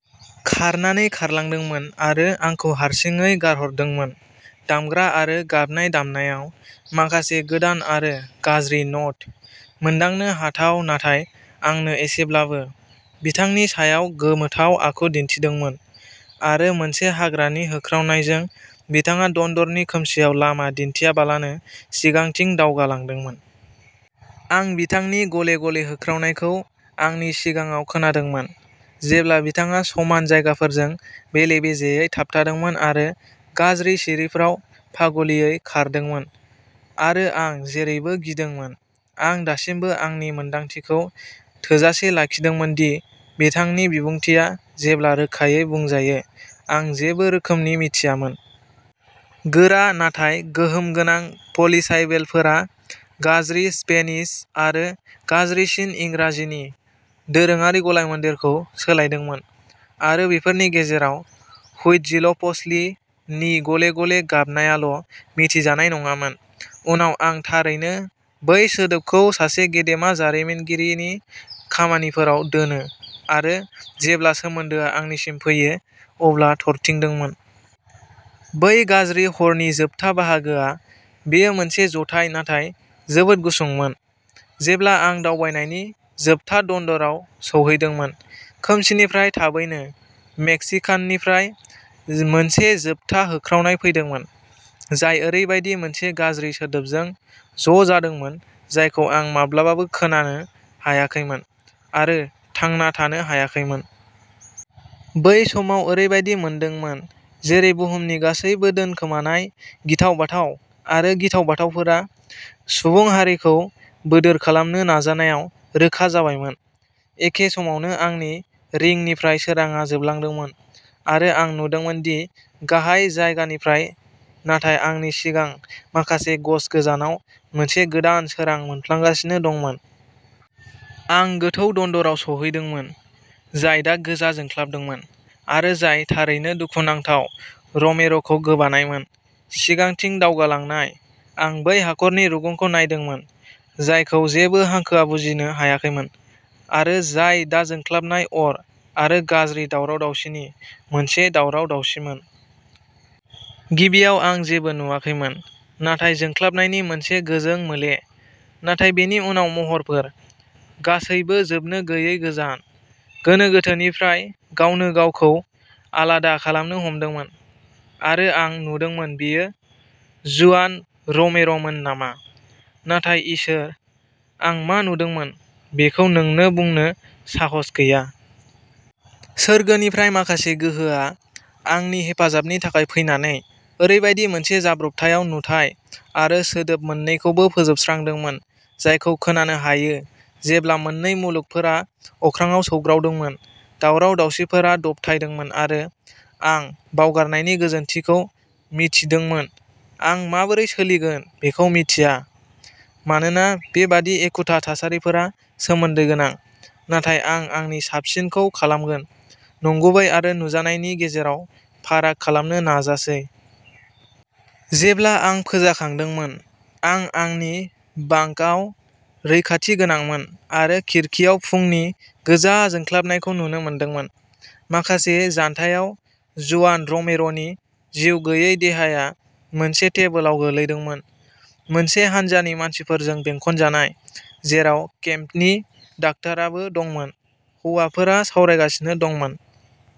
खारनानै खारलांदोंमोन आरो आंखौ हारसिङै गारहरदोंमोन। दामग्रा आरो गाबनाय दामनायाव माखासे गोदान आरो गाज्रि न'ट, मोनदांनो हाथाव नाथाय आंनो एसेब्लाबो, बिथांनि सायाव गोमोथाव आखु दिन्थिदोंमोन; आरो मोनसे हाग्रानि होख्रावनायजों बिथाङा दन्दरनि खोमसिआव लामा दिन्थियालाबानो सिगांथिं दावगालांदोंमोन। आं बिथांनि गले-गले होख्रावनायखौ आंनि सिगाङाव खोनादोंमोन, जेब्ला बिथाङा समान जायगाफोरजों बेले-बेजेयै थाबथादोंमोन आरो गाज्रि सिरिफोराव पागलियै खारदोंमोन। आरो आं जेरैबो गिदोंमोन, आं दासिमबो आंनि मोनदांथिखौ थोजासे लाखिदोंमोन दि बिथांनि बिबुंथिआ, जेब्ला रोखायै बुंजायो, आं जेबो रोखोमनि मिथियामोन। गोरा नाथाय गोहोमगोनां पलिसाइलेबलफोरा गाज्रि स्पेनिश आरो गाज्रिसिन इंराजिनि दोरोङारि गलायमोन्देरखौ सोलायदोंमोन, आरो बेफोरनि गेजेराव, "हुइटजिल'प'च्लि" नि गले-गले गाबनायाल'मिथिजानाय नङामोन। उनाव आं थारैनो बै सोदोबखौ सासे गेदेमा जारिमिनगिरिनि खामानिफोराव दोनो-आरो जेब्ला सोमोन्दोआ आंनिसिम फैयो अब्ला थरथिंदोंमोन। बै गाज्रि हरनि जोबथा बाहागोआ। बेयो मोनसे जथाय नाथाय जोबोद गुसुंमोन, जेब्ला आं दावबायनायनि जोबथा दन्दराव सौहैदोंमोन। खोमसिनिफ्राय थाबैनो मेक्सिकाननिफ्राय मोनसे जोबथा होख्रावनाय फैदोंमोन, जाय ओरैबायदि मोनसे गाज्रि सोदोबजों ज'जादोंमोन जायखौ आं माब्लाबाबो खोनानो हायाखैमोन आरो थांना थानो हायाखैमोन। बै समाव ओरैबायदि मोनदोंमोन जेरै बुहुमनि गासैबो दोनखोमानाय गिथाव-बाथाव आरो गिथाव-बाथावफोरा सुबुं हारिखौ बोदोर खालामनो नाजानायाव रोखा जाबायमोन। एखे समावनो आंनि रिंनिफ्राय सोरांआ जोबलांदोंमोन, आरो आं नुदोंमोन दि गाहाय जायगानिफ्राय नाथाय आंनि सिगां माखासे गज गोजानाव मोनसे गोदान सोरां मोफ्लांगासिनो दंमोन। आं गोथौ दन्दराव सौहैदोंमोन, जाय दा गोजा जोंख्लाबदोंमोन, आरो जाय थारैनो दुखुनांथाव र'मेर'खौ गोबानायमोन। सिगांथिं दावगालांनाय, आं बै हाखरनि रुगुंखौ नायदोंमोन जायखौ जेबो हांखोआ बुजिनो हायाखैमोन, आरो जाय दा जोंख्लाबनाय अर आरो गाज्रि दावराव-दावसिनि मोनसे दावराव-दावसिमोन। गिबियाव आं जेबो नुवाखैमोन नाथाय जोंख्लाबनायनि मोनसे गोजों मोले; नाथाय बेनि उनाव महरफोर, गासैबो जोबनो गैयै गोजान, गोनो-गोथोनिफ्राय गावनोगावखौ आलादा खालामनो हमदोंमोन, आरो आं नुदोंमोन-बेयो जुआन रोमेर'मोन नामा?-नाथाय इसोर! आं मा नुदोंमोन बेखौ नोंनो बुंनो साहास गैया!... सोरगोनिफ्राय माखासे गोहोआ, आंनि हेफाजाबनि थाखाय फैनानै, ओरैबायदि मोनसे जाब्रबथायाव नुथाय आरो सोदोब मोन्नैखौबो फोजोबस्रांदोंमोन जायखौ खोनानो हायो जेब्ला मोननै मुलुगफोरा अख्राङाव सौग्रावदोंमोन। दावराव-दावसिफोरा दबथायदोंमोन, आरो आं बावगारनायनि गोजोनथिखौ मिथिदोंमोन। आं माबोरै सोलिगोन बेखौ मिन्थिया, मानोना बेबादि एखुथा थासारिफोरा सोमोन्दोगोनां; नाथाय आं आंनि साबसिनखौ खालामगोन, नंगुबै आरो नुजानायनि गेजेराव फाराग खालामनो नाजासै। जेब्ला आं फोजाखांदोंमोन, आं आंनि बांकआव रैखाथि गोनांमोन आरो खिरखिआव फुंनि गोजा जोंख्लाबनायखौ नुनो मोनदोंमोन। माखासे जानथायाव जुआन रोमेर'नि जिउगैयै देहाया मोनसे टेबोलाव गोलैदोंमोन, मोनसे हान्जानि मानसिफोरजों बेंखनजानाय, जेराव केम्पनि डाक्टाराबो दंमोन। हौवाफोरा सावरायगासिनो दंमोन